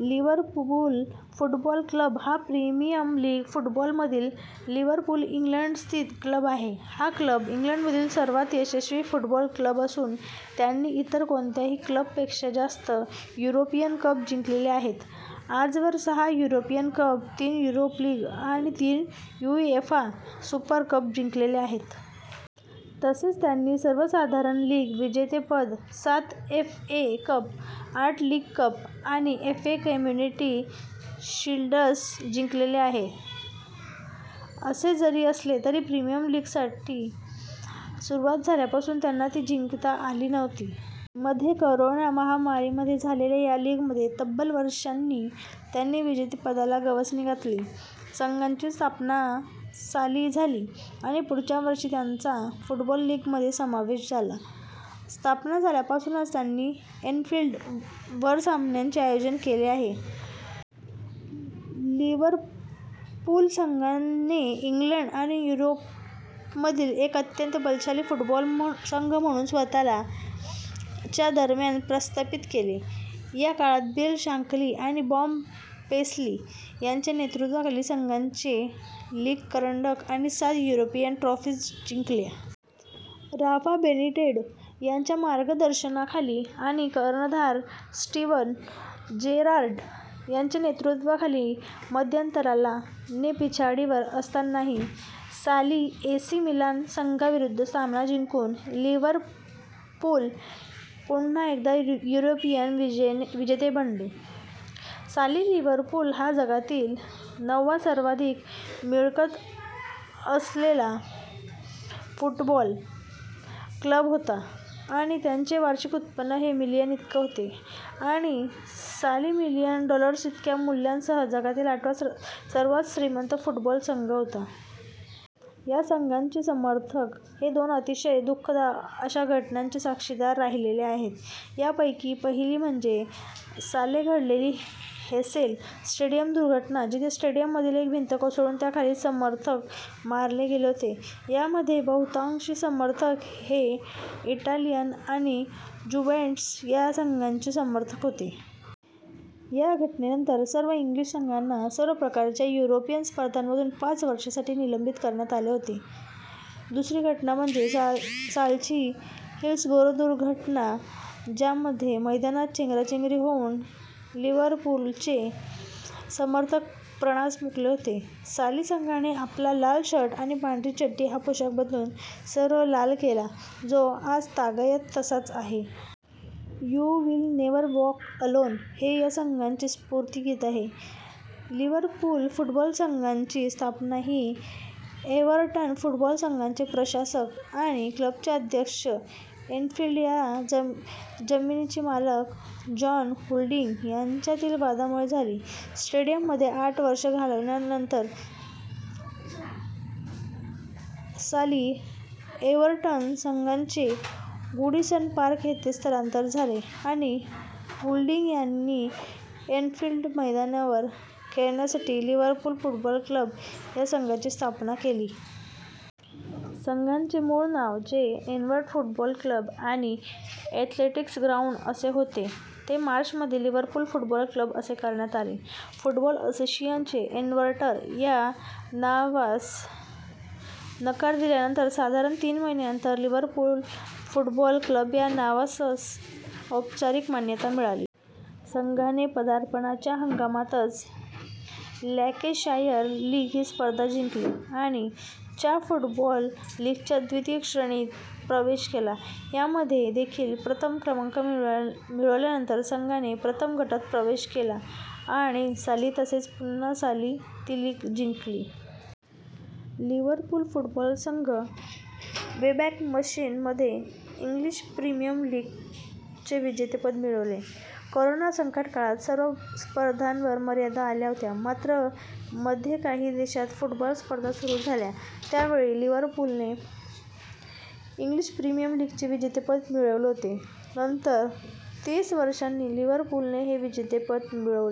Liverpool Football Club हा Premier League football मधील Liverpool, England स्थित क्लब आहे. हा क्लब इंग्लंडमधील सर्वात यशस्वी फुटबॉल क्लब असून त्यांनी इतर कोणत्याही क्लब पेक्षा जास्त युरोपियन कप जिंकलेले आहेत. आजवर सहा युरोपियन कप, तीन युरोप लीग आणि तीन युएफा सुपर कप जिंकलेले आहेत. तसेच त्यांनी सर्वसाधारण लीग विजेतेपद, सात एफए कप, आठ लीग कप, आणि एफए कम्युनिटी शील्ड्स जिंकलेले आहेत. असे जरी असले तरी प्रिमियर लीगला साली सुरुवात झाल्यापासून त्यांना ती जिंकता आली नव्हती. मध्ये करोना महामारीमध्ये झालेल्या या लीगमध्ये तब्बल वर्षांनी त्यांनी विजेतेपदाला गवसणी घातली. संघाची स्थापना साली झाली आणि पुढच्याच वर्षी त्यांचा फुटबॉल लीग मध्ये समावेश झाला. स्थापना झाल्यापासूनच त्यानी एन्फिल्ड वर सामन्यांचे आयोजन केले आहे. लिवरपूल संघाने इंग्लंड आणि युरोपमधील एक अत्यंत बलशाली फुटबॉल संघ म्हणून स्वतःला - च्या दरम्यान प्रस्थापित केले. या काळात बिल शांकली आणि बॉब पेस्ली यांच्या नेतृत्वाखाली संघाने लीग करंडक आणि सात युरोपियन ट्रोफिज जिंकल्या. राफा बेनिटेज यांच्या मार्गदर्शनाखाली आणि कर्णधार स्टीवन जेरार्ड याच्या नेतृत्वाखाली मध्यंतराला - ने पिछाडीवर असतानाही साली एसी मिलान संघाविरुद्ध सामना जिंकून लिवरपूल पुन्हा एकदा युरोपियन विजेते बनले. - साली लिवरपूल हा जगातील नववा सर्वाधिक मिळकत असेलला फुटबॉल क्लब होता, आणि त्यांचे वार्षिक उत्पन्न हे मिलियन इतके होते, आणि साली मिलियन डॉलर्स इतक्या मुल्ल्यासह जगातील आठवा सर्वात श्रीमंत फुटबॉल संघ होता. या संघाचे समर्थक हे दोन अतिशय दुःखद अशा घटनांचे साक्षीदार राहिलेले आहेत. या पैकी पहिली म्हणजे साले घडलेली हेसेल स्टेडियम दुर्घटना जिथे स्टेडियममधील एक भिंत कोसळून त्याखाली समर्थक मारले गेले होते. यामध्ये बहुतांशी समर्थक हे इटालियन आणि जूवेंटस या संघाचे समर्थक होते. या घटनेनंतर सर्व इंग्लिश संघांना सर्व प्रकारच्या युरोपियन स्पर्धांमधून पाच वर्षांसाठी निलंबित करण्यात आले होते. दुसरी घटना म्हणजे सालची हिल्सबोरो दुर्घटना ज्यामध्ये मैदानात चेंगराचेंगरी होऊन लिवरपूलचे समर्थक प्राणास मुकले होते. साली संघाने आपला लाल शर्ट आणि पांढरी चड्डी हा पोशाख बदलून सर्व लाल केला, जो आजतागायत तसाच आहे. "You will never walk alone" हे या संघाचे स्फूर्तीगीत आहे लिवरपूल फुटबॉल संघाची स्थापना ही एव्हर्टन फुटबॉल संघाचे प्रशासक आणि क्लबचे अध्यक्ष व एन्फिल्ड या जमिनीचे मालक जॉन हुल्डींग यांच्यातील वादामुळे झाली. स्टेडीयममध्ये आठ वर्षे घालवल्यानंतर साली एव्हर्टन संघाचे गूडीसन पार्क येथे स्थलांतर झाले आणि हुल्डींग यांनी एन्फिल्ड मैदानावर खेळण्यासाठी लिवरपूल फुटबॉल क्लब या संघाची स्थापना केली. संघाचे मूळ नाव जे "एव्हर्टन फुटबॉल क्लब आणि एथलेटिक्स ग्राउंड " असे होते ते मार्च मध्ये लिवरपूल फुटबॉल क्लब असे करण्यात आले. फुटबॉल असोसिएशन ने एव्हर्टन या नावास नकार दिल्यानंतर साधारण तीन महिन्यानंतर लिवरपूल फुटबॉल क्लब या नावासस औपचारिक मान्यता मिळाली. संघाने पदार्पणाच्या हंगामातच लँकेशायार लीग ही स्पर्धा जिंकली आणि - च्या फुटबॉल लीगच्या द्वितीय श्रेणीत प्रेवेश केला. यामध्ये देखील प्रथम क्रमांक मिळवल्यानंतर संघाने प्रथम गटात प्रवेश केला आणि साली तसेच पुन्हा साली ती लीग जिंकली. लिवरपूल फुटबॉल संघ वेबॅक मशीन. मध्ये इंग्लिश प्रीमियर लीगचे विजेतेपद मिळविले. करोना संकटकाळात सर्व स्पर्धांवर मर्यादा आल्या होत्या. मात्र मध्ये काही देशांत फुटबॉल स्पर्धा सुरू झाल्या. त्या वेळी लिवरपूलने इंग्लिश प्रीमियर लीगचे विजेतेपद मिळविले होते. नंतर तीस वर्षांनी लिवरपूलने हे विजेतेपद मिळविले.